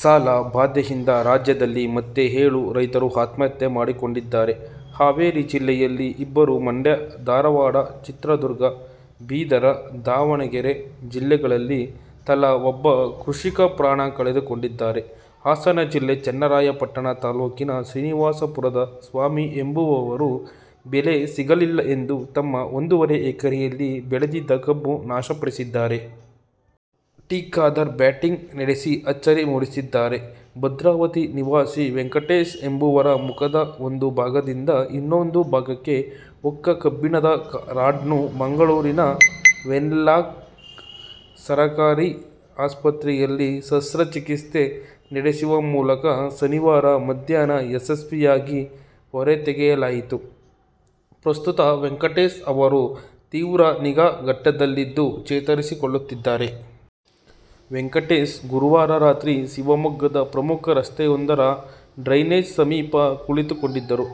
ಸಾಲ ಬಾಧೆಯಿಂದ ರಾಜ್ಯದಲ್ಲಿ ಮತ್ತೆ ಏಳು ರೈತರು ಆತ್ಮಹತ್ಯೆ ಮಾಡಿಕೊಂಡಿದ್ದಾರೆ. ಹಾವೇರಿ ಜಿಲ್ಲೆಯಲ್ಲಿ ಇಬ್ಬರು, ಮಂಡ್ಯ, ಧಾರವಾಡ, ಚಿತ್ರದುರ್ಗ, ಬೀದರ, ದಾವಣಗೆರೆ ಜಿಲ್ಲೆಗಳಲ್ಲಿ ತಲಾ ಒಬ್ಬ ಕೃಷಿಕ ಪ್ರಾಣ ಕಳೆದುಕೊಂಡಿದ್ದಾರೆ. ಹಾಸನ ಜಿಲ್ಲೆ ಚನ್ನರಾಯಪಟ್ಟಣ ತಾಲೂಕಿನ ಶ್ರೀನಿವಾಸ ಪುರದ ಸ್ವಾಮಿ ಎಂಬುವವರು ಬೆಲೆ ಸಿಗಲಿಲ್ಲ ಎಂದು ತಮ್ಮ ಒಂದೂವರೆ ಎಕರೆಯಲ್ಲಿ ಬೆಳೆದಿದ್ದ ಕಬ್ಬು ನಾಶಪಡಿಸಿದ್ದಾರೆ. ಟಿ. ಖಾದರ್ ಬ್ಯಾಟಿಂಗ್ ನಡೆಸಿ ಅಚ್ಚರಿ ಮೂಡಿಸಿದ್ದಾರೆ. ಭದ್ರಾವತಿ ನಿವಾಸಿ ವೆಂಕಟೇಶ್ ಎಂಬುವರ ಮುಖದ ಒಂದು ಭಾಗದಿಂದ ಇನ್ನೊಂದು ಭಾಗಕ್ಕೆ ಹೊಕ್ಕ ಕಬ್ಬಿಣದ ರಾಡ್ನ್ನು ಮಂಗಳೂರಿನ ವೆನ್ಲಾಕ್ ಸರಕಾರಿ ಆಸ್ಪತ್ರೆಯಲ್ಲಿ ಶಸ್ತ್ರಚಿಕಿತ್ಸೆ ನಡೆಸುವ ಮೂಲಕ ಶನಿವಾರ ಮಧ್ಯಾಹ್ನ ಯಶಸ್ವಿಯಾಗಿ ಹೊರತೆಗೆಯಲಾಯಿತು. ಪ್ರಸ್ತುತ ವೆಂಕಟೇಶ್ ಅವರು ತೀವ್ರ ನಿಗಾ ಘಟಕದಲ್ಲಿದ್ದು ಚೇತರಿಸಿಕೊಳ್ಳುತ್ತಿದ್ದಾರೆ. ವೆಂಕಟೇಶ್, ಗುರುವಾರ ರಾತ್ರಿ ಶಿವಮೊಗ್ಗದ ಪ್ರಮುಖ ರಸ್ತೆಯೊಂದರ ಡ್ರೈನೇಜ್ ಸಮೀಪ ಕುಳಿತುಕೊಂಡಿದ್ದರು.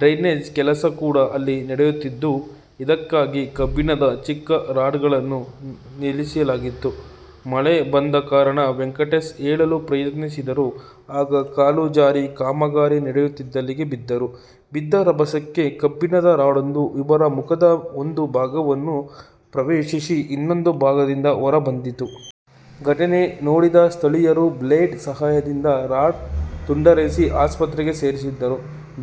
ಡ್ರೈನೇಜ್ ಕೆಲಸ ಕೂಡ ಅಲ್ಲಿ ನಡೆಯುತ್ತಿದ್ದು, ಇದಕ್ಕಾಗಿ ಕಬ್ಬಿಣದ ಚಿಕ್ಕ ರಾಡ್ಗಳನ್ನು ನಿಲ್ಲಿಸಲಾಗಿತ್ತು. ಮಳೆ ಬಂದ ಕಾರಣ ವೆಂಕಟೇಶ್ ಏಳಲು ಪ್ರಯತ್ನಿಸಿದರು. ಆಗ ಕಾಲು ಜಾರಿ ಕಾಮಗಾರಿ ನಡೆಯುತ್ತಿದ್ದಲ್ಲಿಗೆ ಬಿದ್ದರು. ಬಿದ್ದ ರಭಸಕ್ಕೆ ಕಬ್ಬಿಣದ ರಾಡೊಂದು ಇವರ ಮುಖದ ಒಂದು ಭಾಗವನ್ನು ಪ್ರವೇಶಿಸಿ, ಇನ್ನೊಂದು ಭಾಗದಿಂದ ಹೊರ ಬಂದಿತ್ತು. ಘಟನೆ ನೋಡಿದ ಸ್ಥಳೀಯರು ಬ್ಲೇಡ್ ಸಹಾಯದಿಂದ ರಾಡ್ ತುಂಡರಿಸಿ, ಆಸ್ಪತ್ರೆಗೆ ಸೇರಿಸಿದ್ದರು.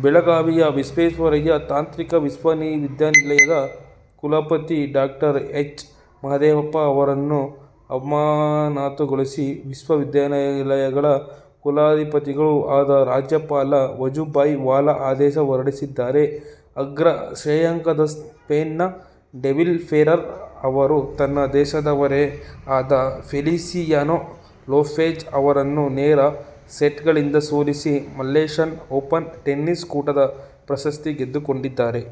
ಬೆಳಗಾವಿಯ ವಿಶ್ವೇಶ್ವರಯ್ಯ ತಾಂತ್ರಿಕ ವಿಶ್ವವಿದ್ಯಾಲಯದ ಕುಲಪತಿ ಡಾ ಎಚ್. ಮಹೇಶಪ್ಪ ಅವರನ್ನು ಅಮಾನತುಗೊಳಿಸಿ ವಿಶ್ವವಿದ್ಯಾಲಯಗಳ ಕುಲಾಧಿಪತಿಗಳೂ ಆದ ರಾಜ್ಯಪಾಲ ವಜುಭಾಯಿ ವಾಲಾ ಆದೇಶ ಹೊರಡಿಸಿದ್ದಾರೆ. ಅಗ್ರ ಶ್ರೇಯಾಂಕದ ಸ್ಪೇನ್ನ ಡೇವಿಡ್ ಫೆರರ್ ಅವರು ತನ್ನ ದೇಶದವರೇ ಆದ ಫೆಲಿಸಿಯಾನೊ ಲೊಪೆಜ್ ಅವರನ್ನು ನೇರ ಸೆಟ್ಗಳಿಂದ ಸೋಲಿಸಿ ಮಲೇಶ್ಯನ್ ಓಪನ್ ಟೆನಿಸ್ ಕೂಟದ ಪ್ರಶಸ್ತಿ ಗೆದ್ದುಕೊಂಡಿದ್ದಾರೆ.